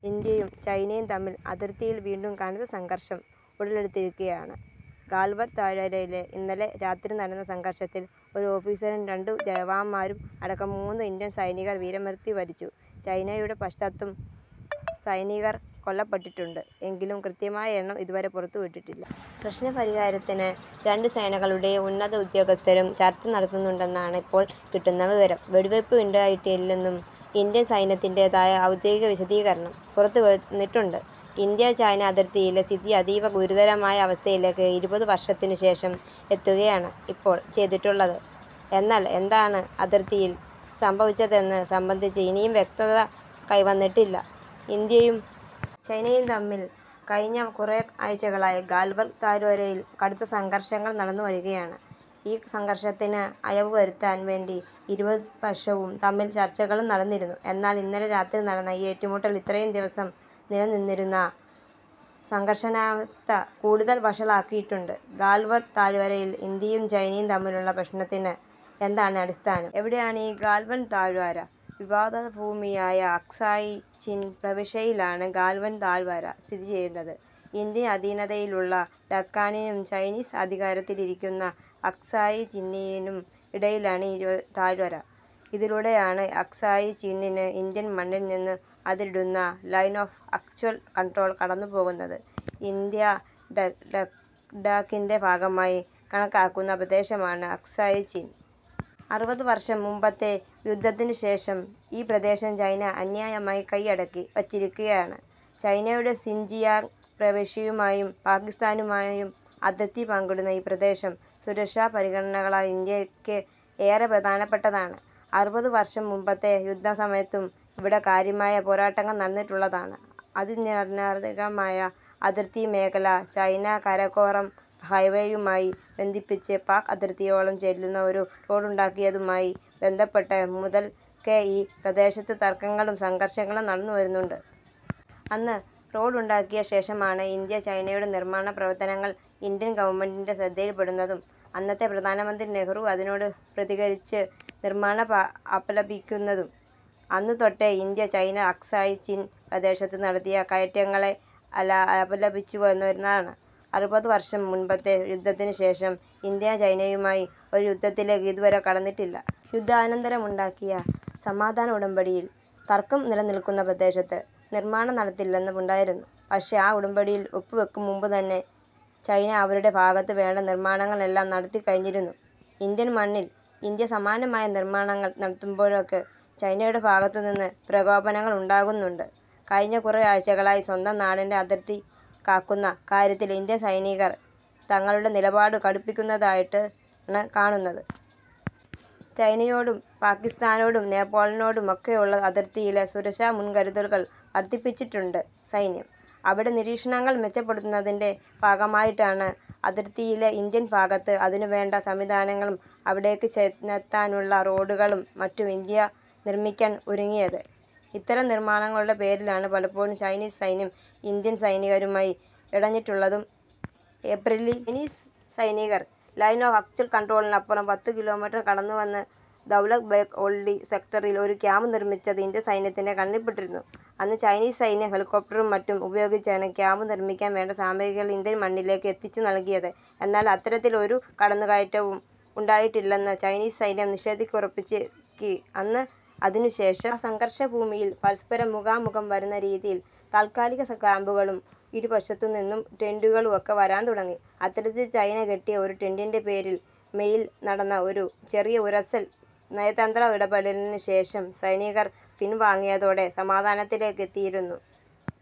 ഇന്ത്യയും ചൈനയും തമ്മിൽ അതിർത്തിയിൽ വീണ്ടും കനത്ത സംഘർഷം ഉടലെടുത്തിരിക്കുകയാണ്. ഗാൽവൻ താഴ്വരയിൽ ഇന്നലെ രാത്രി നടന്ന സംഘർഷത്തിൽ ഒരു ഓഫീസറും രണ്ടു ജവാന്മാരും അടക്കം മൂന്ന് ഇന്ത്യൻ സൈനികർ വീരമൃത്യു വരിച്ചു. ചൈനയുടെ പക്ഷത്തും സൈനികർ കൊല്ലപ്പെട്ടിട്ടുണ്ട് എങ്കിലും കൃത്യമായ എണ്ണം ഇതുവരെ പുറത്തുവന്നിട്ടില്ല. പ്രശ്നപരിഹാരത്തിന് രണ്ട് സേനകളുടെയും ഉന്നത ഉദ്യോഗസ്ഥരും ചർച്ച നടത്തുന്നുണ്ടെന്നാണ് ഇപ്പോൾ കിട്ടുന്ന വിവരം. വെടിവയ്പ് ഉണ്ടായിട്ടില്ലെന്നും ഇന്ത്യൻ സൈന്യത്തിന്റേതായ ഔദ്യോഗിക വിശദീകരണം പുറത്തുവന്നിട്ടുണ്ട്. ഇന്ത്യ ചൈന അതിർത്തിയിലെ സ്ഥിതി അതീവഗുരുതരമായ അവസ്ഥയിലേക്ക് ഇരുപത് വർഷത്തിന് ശേഷം എത്തുകയാണ് ഇപ്പോൾ ചെയ്തിട്ടുള്ളത്. എന്നാൽ എന്താണ് അതിർത്തിയിൽ സംഭവിച്ചതെന്നത് സംബന്ധിച്ച് ഇനിയും വ്യക്തത കൈവന്നിട്ടില്ല. ഇന്ത്യയും ചൈനയും തമ്മിൽ കഴിഞ്ഞ കുറെ ആഴ്ചകളായി ഗാൽവൻ താഴ്വരയിൽ കടുത്ത സംഘർഷങ്ങൾ നടന്നുവരികയാണ്. ഈ സംഘർഷത്തിന് അയവുവരുത്താൻ വേണ്ടി ഇരു പക്ഷവും തമ്മിൽ ചർച്ചകളും നടന്നിരുന്നു. എന്നാൽ ഇന്നലെ രാത്രി നടന്ന ഈ ഏറ്റുമുട്ടൽ ഇത്രയും ദിവസം നിലനിന്നിരുന്ന സംഘർഷാവസ്ഥ കൂടുതൽ വഷളാക്കിയിട്ടുണ്ട്. ഗാൽവൻ താഴ്വരയിൽ ഇന്ത്യയും ചൈനയും തമ്മിലുള്ള പ്രശ്നത്തിന് എന്താണ് അടിസ്ഥാനം? എവിടെയാണീ ഗാൽവൻ താഴ്വര? വിവാദഭൂമിയായ അക്സായി ചിൻ പ്രവിശ്യയിലാണ് ഗാൽവൻ താഴ്വര സ്ഥിതി ചെയ്യുന്നത്. ഇന്ത്യൻ അധീനതയിലുള്ള ലഡാക്കിനും ചൈനീസ് അധികാരത്തിലിരിക്കുന്ന അക്സായി ചിനിനും ഇടയിലാണ് ഈ താഴ്വര. ഇതിലൂടെയാണ് അക്സായി ചിന്നിന് ഇന്ത്യൻ മണ്ണിൽ നിന്ന് അതിരിടുന്ന ലൈൻ ഓഫ് ആക്ച്വൽ കൺട്രോൾ കടന്നുപോകുന്നത്. ഇന്ത്യ ലഡാക്കിൻ്റെ ഭാഗമായി കണക്കാക്കുന്ന പ്രദേശമാണ് അക്സായി ചിൻ. അറുപത് വർഷം മുൻപത്തെ യുദ്ധത്തിന് ശേഷം ഈ പ്രദേശം ചൈന അന്യായമായി കയ്യടക്കി വെച്ചിരിക്കുകയാണ്. ചൈനയുടെ സിൻജിയാങ് പ്രവിശ്യയുമായും പാകിസ്ഥാനുമായും അതിർത്തി പങ്കിടുന്ന ഈ പ്രദേശം സുരക്ഷാ പരിഗണനകളാൽ ഇന്ത്യക്ക് ഏറെ പ്രധാനപ്പെട്ടതാണ്. അറുപത് വർഷം മുൻപത്തെ യുദ്ധസമയത്തും ഇവിടെ കാര്യമായ പോരാട്ടങ്ങൾ നടന്നിട്ടുള്ളതാണ്. അതിനിർണായകമായ അതിർത്തി മേഖല ചൈന കാരക്കോറം ഹൈവേയുമായി ബന്ധിപ്പിച്ച് പാക് അതിർത്തിയോളം ചെല്ലുന്ന ഒരു റോഡുണ്ടാക്കിയതുമായി ബന്ധപ്പെട്ട് മുതൽക്കേ ഈ പ്രദേശത്ത് തർക്കങ്ങളും സംഘർഷങ്ങളും നടന്നുവരുന്നുണ്ട്. അന്ന് റോഡുണ്ടാക്കിയ ശേഷമാണ് ഇന്ത്യ ചൈനയുടെ നിർമാണ പ്രവർത്തനങ്ങൾ ഇന്ത്യൻ ഗവൺമെന്റിൻ്റെ ശ്രദ്ധയിൽപ്പെടുന്നതും അന്നത്തെ പ്രധാനമന്ത്രി നെഹ്റു അതിനോട് പ്രതികരിച്ച് നിർമാണത്തെ അപലപിക്കുന്നതും. അന്നുതൊട്ടേ ഇന്ത്യ ചൈന അക്സായി ചിൻ പ്രദേശത്ത് നടത്തിയ കയ്യേറ്റങ്ങളെ അപലപിച്ചുവരുന്നതാണ്. അറുപത് വർഷം മുൻപത്തെ യുദ്ധത്തിന് ശേഷം ഇന്ത്യ ചൈനയുമായി ഒരു യുദ്ധത്തിലേക്ക് ഇതുവരെ കടന്നിട്ടില്ല. യുദ്ധാനന്തരം ഉണ്ടാക്കിയ സമാധാന ഉടമ്പടിയിൽ തർക്കം നിലനിൽക്കുന്ന പ്രദേശത്ത് നിർമാണങ്ങൾ നടത്തില്ലെന്ന് ഉണ്ടായിരുന്നു. പക്ഷേ ആ ഉടമ്പടിയിൽ ഒപ്പുവെക്കും മുമ്പുതന്നെ ചൈന അവരുടെ ഭാഗത്ത് വേണ്ട നിർമാണങ്ങൾ എല്ലാം നടത്തിക്കഴിഞ്ഞിരുന്നു. ഇന്ത്യൻ മണ്ണിൽ ഇന്ത്യ സമാനമായ നിർമാണങ്ങൾ നടത്തുമ്പോഴൊക്കെ ചൈനയുടെ ഭാഗത്തുനിന്ന് പ്രകോപനങ്ങൾ ഉണ്ടാകുന്നുണ്ട്. കഴിഞ്ഞ കുറെ ആഴ്ചകളായി സ്വന്തം നാടിൻ്റെ അതിർത്തി കാക്കുന്ന കാര്യത്തിൽ ഇന്ത്യൻ സൈനികർ തങ്ങളുടെ നിലപാട് കടുപ്പിക്കുന്നതായിട്ടാണ് കാണുന്നത്. ചൈനയോടും പാകിസ്താനോടും നേപ്പാളിനോടും ഒക്കെയുള്ള അതിർത്തിയിലെ സുരക്ഷാ മുൻകരുതലുകൾ വർധിപ്പിച്ചിട്ടുണ്ട് സൈന്യം. അവിടെ നിരീക്ഷണങ്ങൾ മെച്ചപ്പെടുത്തുന്നതിൻ്റെ ഭാഗമായിട്ടാണ് അതിർത്തിയിലെ ഇന്ത്യൻ ഭാഗത്ത് അതിനുവേണ്ട സംവിധാനങ്ങളും അവിടേക്ക് ചെന്നെത്താനുള്ള റോഡുകളും മറ്റും ഇന്ത്യ നിർമിക്കാൻ ഒരുങ്ങിയത്. ഇത്തരം നിർമാണങ്ങളുടെ പേരിലാണ് പലപ്പോഴും ചൈനീസ് സൈന്യം ഇന്ത്യൻ സൈനികരുമായി ഇടഞ്ഞിട്ടുള്ളതും. ഏപ്രിലിൽ ചൈനീസ് സൈനികർ ലൈൻ ഓഫ് ആക്ച്വൽ കൺട്രോളിനിപ്പുറം പത്തുകിലോമീറ്റർ കടന്നുവന്ന് ദൗലത് ബേഗ് ഓൾഡി സെക്ടറിൽ ഒരു ക്യാമ്പ് നിർമിച്ചത് ഇന്ത്യൻ സൈന്യത്തിൻ്റെ കണ്ണിൽപ്പെട്ടിരുന്നു. അന്ന് ചൈനീസ് സൈന്യം ഹെലികോപ്റ്ററുകളും മറ്റും ഉപയോഗിച്ചാണ് ക്യാമ്പ് നിർമിക്കാൻ വേണ്ട സാമഗ്രികൾ ഇന്ത്യൻ മണ്ണിലേക്ക് എത്തിച്ചുനൽകിയത്. എന്നാൽ അത്തരത്തിൽ ഒരു കടന്നുകയറ്റവും ഉണ്ടായിട്ടില്ലെന്ന് ചൈനീസ് സൈന്യം നിഷേധക്കുറിപ്പിറക്കി അന്ന്. അതിനുശേഷം ആ സംഘർഷഭൂമിയിൽ പരസ്പരം മുഖാമുഖം വരുന്ന രീതിയിൽ താത്കാലിക ക്യാമ്പുകളും ഇരുപക്ഷത്തുനിന്നും ടെന്റുകളും ഒക്കെ വരാൻ തുടങ്ങി. അത്തരത്തിൽ ചൈന കെട്ടിയ ഒരു ടെന്റിൻ്റെ പേരിൽ മെയിൽ നടന്ന ഒരു ചെറിയ ഉരസൽ നയതന്ത്ര ഇടപെടലിന് ശേഷം സൈനികർ പിൻവാങ്ങിയതോടെ സമാധാനത്തിലെത്തിയിരുന്നു.